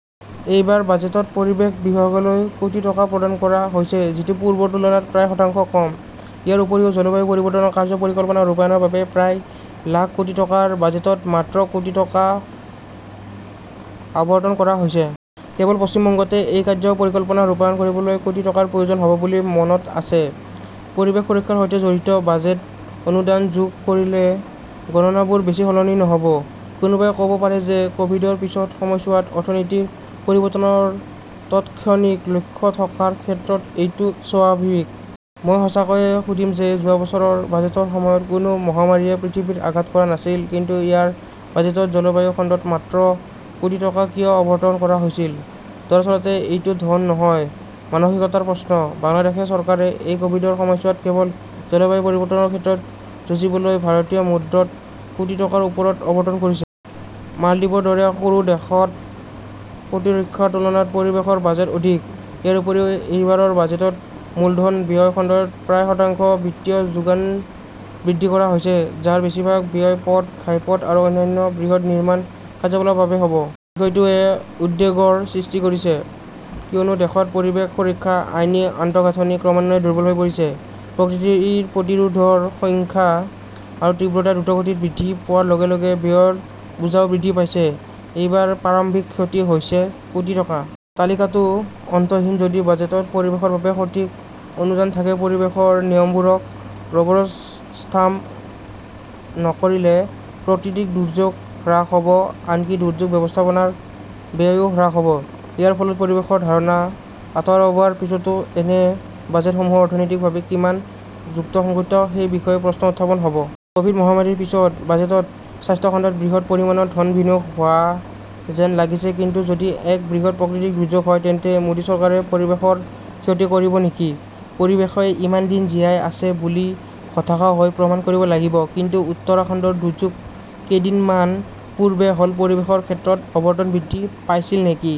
এইবাৰ বাজেটত পৰিৱেশ বিভাগলৈ কোটি টকা প্ৰদান কৰা হৈছে, যিটো পূৰ্বৰ তুলনাত প্ৰায় শতাংশ কম ।ইয়াৰ উপৰিও জলবায়ু পৰিৱৰ্তন কাৰ্য্য পৰিকল্পনাৰ ৰূপায়ণৰ বাবে প্ৰায় লাখ কোটি টকাৰ বাজেটত মাত্ৰ কোটি টকা আবণ্টন কৰা হৈছে। কেৱল পশ্চিম বংগতে সেই কাৰ্য্য পৰিকল্পনা ৰূপায়ণ কৰিবলৈ কোটি টকাৰ প্ৰয়োজন হ'ব বুলি মনত আছে। পৰিৱেশ সুৰক্ষাৰ সৈতে জড়িত বাজেট অনুদান যোগ কৰিলে গণনাবোৰ বেছি সলনি নহ 'ব। কোনোবাই ক'ব পাৰে যে ক'ভিডৰ পিছৰ সময়ছোৱাত অৰ্থনীতিৰ পৰিৱৰ্তনৰ তৎক্ষণিক লক্ষ্য থকাৰ ক্ষেত্ৰত এইটো স্বাভাৱিক। মই সঁচাকৈয়ে সুধিম যে যোৱা বছৰৰ বাজেটৰ সময়ত কোনো মহামাৰীয়ে পৃথিৱীত আঘাত কৰা নাছিল কিন্তু ইয়াৰ বাজেটত জলবায়ু খণ্ডত মাত্ৰ কোটি টকা কিয় আবণ্টন কৰা হৈছিল? দৰাচলতে এইটো ধন নহয় মানসিকতাৰ প্ৰশ্ন। বাংলাদেশ চৰকাৰে এই ক'ভিডৰ সময়ছোৱাত কেৱল জলবায়ু পৰিৱৰ্তনৰ ক্ষেত্ৰত যুঁজিবলৈ ভাৰতীয় মুতত কোটি টকাৰ ওপৰত আবণ্টন কৰিছে। মালদ্বীপৰ দৰে সৰু দেশত প্ৰতিৰক্ষাৰ তুলনাত পৰিৱেশৰ বাজেট অধিক। ইয়াৰ উপৰিও এইবাৰৰ বাজেটত মূলধন ব্যয় খণ্ডত প্ৰায় শতাংশ বিত্তীয় যোগান বৃদ্ধি কৰা হৈছে, যাৰ বেছিভাগ ব্যয় পথ, ঘাইপথ আৰু অন্যান্য বৃহৎ নিৰ্মাণ কাৰ্যকলাপৰ বাবে হ' ব। বিষয়টোৱে উদ্বেগৰ সৃষ্টি কৰিছে, কিয়নো দেশত পৰিৱেশ সুৰক্ষাৰ আইনী আন্তঃগাঁথনি ক্ৰমান্বয়ে দুৰ্বল হৈ পৰিছে। প্ৰকৃতিৰ প্ৰতিশোধৰ সংখ্যা আৰু তীব্ৰতা দ্ৰুতগতিত বৃদ্ধি পোৱাৰ লগে- লগে ব্যয়ৰ বোজাও বৃদ্ধি পাইছে। এইবাৰ প্ৰাৰম্ভিক ক্ষতি হৈছে কোটি টকা। তালিকাটো অন্তহীন যদি বাজেটত পৰিৱেশৰ বাবে সঠিক অনুদান থাকে পৰিৱেশৰ নিয়মবোৰক ৰবৰ ষ্টাম্প নকৰিলে, প্ৰাকৃতিক দুৰ্যোগ হ্ৰাস হ 'ব আনকি দুৰ্যোগ ব্যৱস্থাপনাৰ ব্যয়ও হ্ৰাস হ' ব। ইয়াৰ ফলত পৰিৱেশৰ ধাৰণা আঁতৰোৱাৰ পিছতো এনে বাজেটসমূহ অৰ্থনৈতিকভাৱে কিমান যুক্তিসংগত সেই বিষয়ে প্ৰশ্ন উত্থাপন হ'ব। ক'ভিড মহামাৰীৰ পিছত বাজেটত স্বাস্থ্য খণ্ডত বৃহৎ পৰিমাণৰ ধন বিনিয়োগ হোৱা যেন লাগিছে কিন্তু যদি এক বৃহৎ প্ৰাকৃতিক দুৰ্যোগ হয় তেন্তে মোদী চৰকাৰে পৰিৱেশৰ ক্ষতি কৰিব নেকি? পৰিৱেশেই ইমান দিন জীয়াই আছে বুলি হতাশ হৈ প্ৰমাণ কৰিব লাগিব কিন্তু উত্তৰাখণ্ডৰ দুৰ্যোগ কেইদিনমান পূৰ্বে হ'লে পৰিৱেশৰ ক্ষেত্ৰত আবণ্টন বৃদ্ধি পাইছিল নেকি?